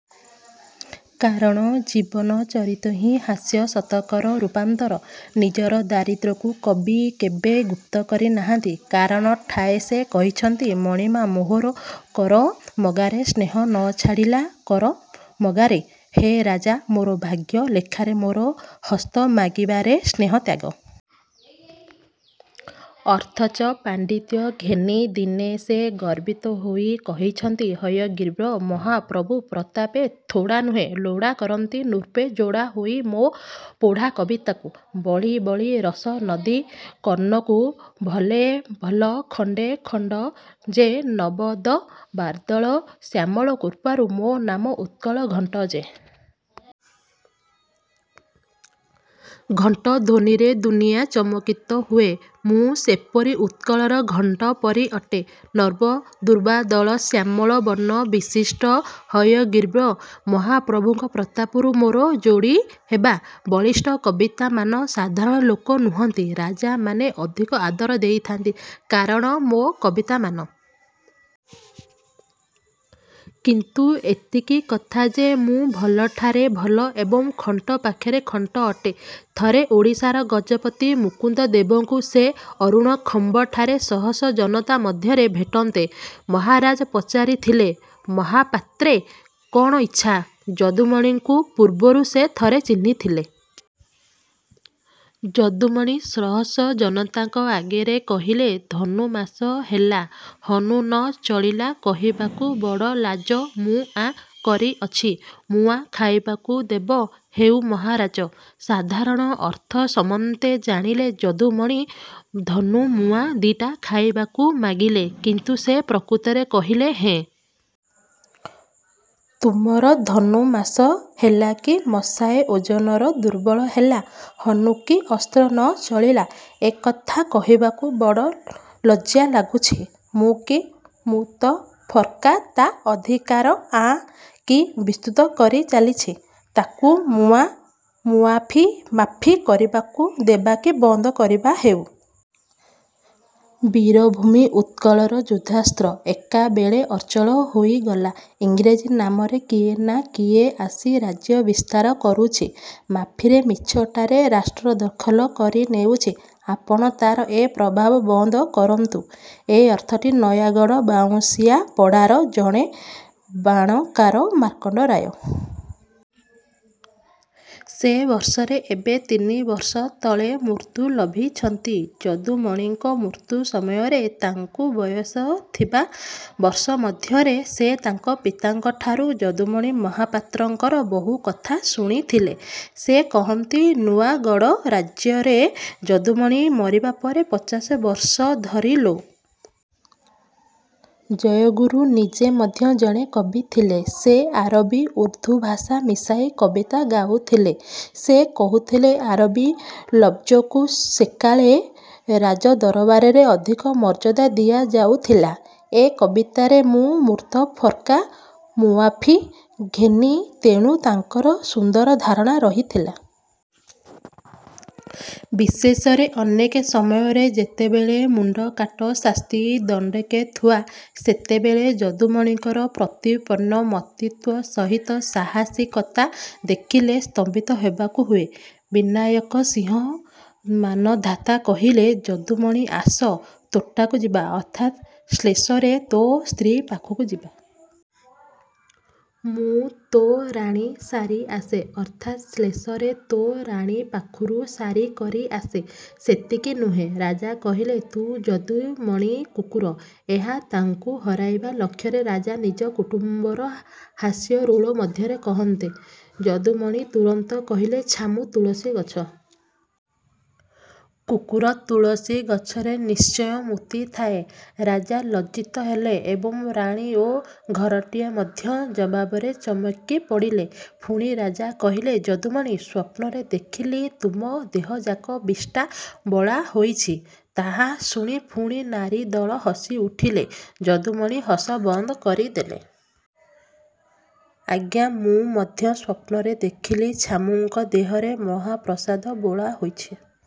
କାରଣ ଜୀବନଚରିତ ହିଁ ହାସ୍ୟଶତକର ରୂପାନ୍ତର। ନିଜର ଦାରିଦ୍ର୍ୟକୁ କବି କେବେ ଗୁପ୍ତକରି ନାହାନ୍ତି। କାରଣ ଠାଏ ସେ କହିଛନ୍ତି- ମଣିମା ମୋହର କରମଗାରେ ସ୍ନେହ ନଛାଡ଼ିଲା କର ମଗାରେ। ହେ ରାଜା! ମୋର ଭାଗ୍ୟ ଲେଖାରେ ମୋର ହସ୍ତ ମାଗିବାରେ ସ୍ନେହ ତ୍ୟାଗ କରିପାରୁ ନାହିଁ। ଅଥଚ ପାଣ୍ଡିତ୍ୟ ଘେନି ଦିନେ ସେ ଗର୍ବିତ ହୋଇ କହିଛନ୍ତି- ହୟଗ୍ରୀବ ମହାପ୍ରଭୁ ପ୍ରତାପେ ଥୋଡ଼ା ନୁହେଁ ଲୋଡ଼ା କରନ୍ତି ନୃପେ ଯୋଡ଼ା ହୋଇ ମୋ ପ୍ରୋଢ଼ା କବିତାକୁ ବଳି ବଳି ରସ ନଦୀ କର୍ଣ୍ଣକୁ ଭଲେ ଭଲ ଖଣ୍ଟେ ଖଣ୍ଟ ଯେ ନବ ଦ ର୍ବାଦଳ ଶ୍ୟାମଳ କୃପାରୁ ମୋ ନାମ ଉତ୍କଳ ଘଣ୍ଟ ଯେ। ଘଣ୍ଟ ଧ୍ୱନିରେ ଦୁନିଆ ଚମକିତ ହୁଏ। ମୁଁ ସେପରି ଉତ୍କଳର ଘଣ୍ଟ ପରି ଅଟେ। ନବଦୂର୍ବାଦଳ ଶ୍ୟାମଳ ବର୍ଣ୍ଣ ବିଶିଷ୍ଟ ହୟଗ୍ରୀବ ମହାପ୍ରଭୁଙ୍କ ପ୍ରତାପରୁ ମୋର ଯୋଡ଼ିହେବା। ବଳିଷ୍ଠ କବିତାମାନ ସାଧାରଣ ଲୋକ ନୁହନ୍ତି ରାଜାମାନେ ଅଧିକ ଆଦର ଦେଇଥାନ୍ତି। କାରଣ ମୋ କବିତାମାନ କାନକୁ ବଳି ବଳି ରସଦାନ କରିଥାଏ। କିନ୍ତୁ ଏତିକି କଥା ଯେ ମୁଁ ଭଲଠାରେ ଭଲ ଏବଂ ଖଣ୍ଟ ପାଖରେ ଖଣ୍ଟ ଅଟେ। ଥରେ ଓଡ଼ିଶାର ଗଜପତି ମୁକୁନ୍ଦଦେବଙ୍କୁ ସେ ଅରୁଣ ଖମ୍ବଠାରେ ସହସ୍ର ଜନତା ମଧ୍ୟରେ ଭେଟନ୍ତେ ମହାରାଜା ପଚାରିଥିଲେ ''ମହାପାତ୍ରେ କ'ଣ ଇଚ୍ଛା? " ଯଦୁମଣିଙ୍କୁ ପୂର୍ବରୁ ସେ ଥରେ ଚିହ୍ନିଥିଲେ। ଯଦୁମଣି ସହସ୍ର ଜନତାଙ୍କ ଆଗରେ କହିଲେ- ଧନୁମାସ ହେଲା ହନୁ ନ ଚଳିଲା କହିବାକୁ ବଡ଼ଲାଜ ମୁଁ ଆଁ କରିଅଛି ମୁଆଁ ଖାଇବାକୁ ଦେବ ହେଉ ମହାରାଜ। ସାଧାରଣ ଅର୍ଥ ସମନ୍ତେ ଜାଣିଲେ ଯଦୁମଣି ଧନୁମୁଆଁ ଦିଟା ଖାଇବାକୁ ମାଗିଲେ। କିନ୍ତୁ ସେ ପ୍ରକୃତରେ କହିଲେ- ହେ ମହାରାଜ! ତୁମର ଧନୁ ମାଷ ହେଲା କି ମଷାଏ ଓଜନର ଦୁର୍ବଳ ହେଲା। ହନୁ କି ଅସ୍ତ୍ର ନ ଚଳିଲା। ଏ କଥା କହିବାକୁ ବଡ଼ ଲଜ୍ଜା ଲାଗୁଛି। ମୂଁ−କି ମୁତଫର୍କା ତା ଅଧିକାର ଆଁ−କି ବିସ୍ତୃତ କରି ଚାଲିଛି। ତାକୁ ମୁଆ−ମୁଆଫି-ମାଫି ଖାଇବାକୁ 'ଦେବା' କି ବନ୍ଦ କରିବା ହେଉ। ବୀରଭୂମି ଉତ୍କଳର ଯୁଦ୍ଧାସ୍ତ୍ର ଏକାବେଳେ ଅଚଳ ହୋଇଗଲା। ଇଂରେଜ ନାମରେ କିଏ ନାଁ କିଏ ଆସି ରାଜ୍ୟ ବିସ୍ତାର କରୁଛି। ମାଫିରେ ମିଛଟାରେ ରାଷ୍ଟ୍ର ଦଖଲ କରି ନେଉଛି। ଆପଣ ତାର ଏ ପ୍ରଭାବ ବନ୍ଦ କରନ୍ତୁ। ଏ ଅର୍ଥଟି ନୟାଗଡ଼ ବାଉଁଶିଆପଡ଼ାର ଜଣେ ବାଣକାର ମାର୍କଣ୍ଡ ରାୟଗୁରୁ ଥରେ କହିଥିଲେ। ସେ ବର୍ଷରେ ଏବେ ତିନି ବର୍ଷ ତଳେ ମୃତ୍ୟୁ ଲଭିଛନ୍ତି। ଯଦୁମଣିଙ୍କ ମୃତ୍ୟୁ ସମୟରେ ତାଙ୍କୁ ବୟସ ଥିବା। ବର୍ଷ ମଧ୍ୟରେ। ସେ ତାଙ୍କ ପିତାଙ୍କଠାରୁ ଯଦୁମଣି ମହାପାତ୍ରଙ୍କର ବହୁକଥା ଶୁଣିଥିଲେ। ସେ କହନ୍ତି ନୂଆଗଡ଼ ରାଜ୍ୟରେ ଯଦୁମଣି ମରିବା ପରେ ପଚାଶ ବର୍ଷ ଧରି ଲୋକେ ତାଙ୍କୁ ସ୍ମରଣ କରି ଚାଲିଥିଲେ। ରାୟଗୁରୁ ନିଜେ ମଧ୍ୟ ଜଣେ କବି ଥିଲେ। ସେ ଆରବି, ଉର୍ଦ୍ଦୁ ଭାଷା ମିଶାଇ କବିତା ଗାଉଥିଲେ। ସେ କହୁଥିଲେ ଆରବି ଲବ୍ଜକୁ ସେକାଳେ ରାଜଦରବାରେ ଅଧିକ ମର୍ଯ୍ୟାଦା ଦିଆଯାଉଥିଲା। ଏ କବିତାରେ ମୁଁ ମୁତଫର୍କା, ମୁଆଫି ଘେନି ତେଣୁ ତାଙ୍କର ସୁନ୍ଦର ଧାରଣା ରହିଥିଲା। ବିଶେଷରେ ଅନେକ ସମୟରେ ଯେତେବେଳେ ମୁଣ୍ଡକାଟ ଶାସ୍ତି ଦଣ୍ଡକେ ଥୁଆ, ସେତେବେଳେ ଯଦୁମଣିଙ୍କର ପ୍ରତ୍ୟୁତ୍ପନ୍ନମତିତ୍ୱ ସହିତ ସାହସିକତା ଦେଖିଲେ ସ୍ତମ୍ଭିତ ହେବାକୁ ହୁଏ। ବିନାୟକ ସିଂହ ମାନଧାତା କହିଲେ-ଯଦୁମଣି ଆସ ତୋଟାକୁ ଯିବା ଅର୍ଥାତ୍ ଶ୍ଳେଷରେ ତୋ ସ୍ତ୍ରୀ ପାଖକୁ ଯିବା। ଯଦୁମଣି କହିଲେ ଆଜ୍ଞା! ମୁଁ ତୋ ରାଣୀ ସାରି ଆସେ। ଅର୍ଥାତ୍ ଶ୍ଳେଷରେ ତୋ ରାଣୀ ପାଖରୁ ସାରି କରି ଆସେ। ସେତିକି ନୁହେଁ ରାଜା କହିଲେ-ତୁ ଯଦୁମଣି କୁକୁର। ଏହା ତାଙ୍କୁ ହରାଇବା ଲକ୍ଷରେ ରାଜା ନିଜ କୁଟୁମ୍ବର ହାସ୍ୟରୋଳ ମଧ୍ୟରେ କହନ୍ତେ, ଯଦୁମଣି ତୁରନ୍ତ କହିଲେ-ଛାମୁଁ ତୁଳସୀଗଛ। କୁକୁର ତୁଳସୀଗଛରେ ନିଶ୍ଚୟ ମୂତିଥାଏ। ରାଜା ଲଜ୍ଜିତ ହେଲେ ଏବଂ ରାଣୀ ଓ ଘରଟିଏ ମଧ୍ୟ ଜବାବରେ ଚମକି ପଡ଼ିଲେ। ପୁଣି ରାଜା କହିଲେ ''ଯଦୁମଣି, ସ୍ୱପ୍ନରେ ଦେଖିଲି ତୁମ ଦେହଯାକ ବିଷ୍ଠା ବୋଳା ହୋଇଛି। ତାହା ଶୁଣି ପୁଣି ନାରୀଦଳ ହସିଉଠିଲେ। ଯଦୁମଣି ହସ ବନ୍ଦ କରିଦେଲେ ପଦେ କଥାରେ। ''ଆଜ୍ଞା! ମୁଁ ମଧ୍ୟ ସ୍ୱପ୍ନରେ ଦେଖିଲି ଛାମୁଁଙ୍କ ଦେହରେ ମହାପ୍ରସାଦ ବୋଳା ହୋଇଛି।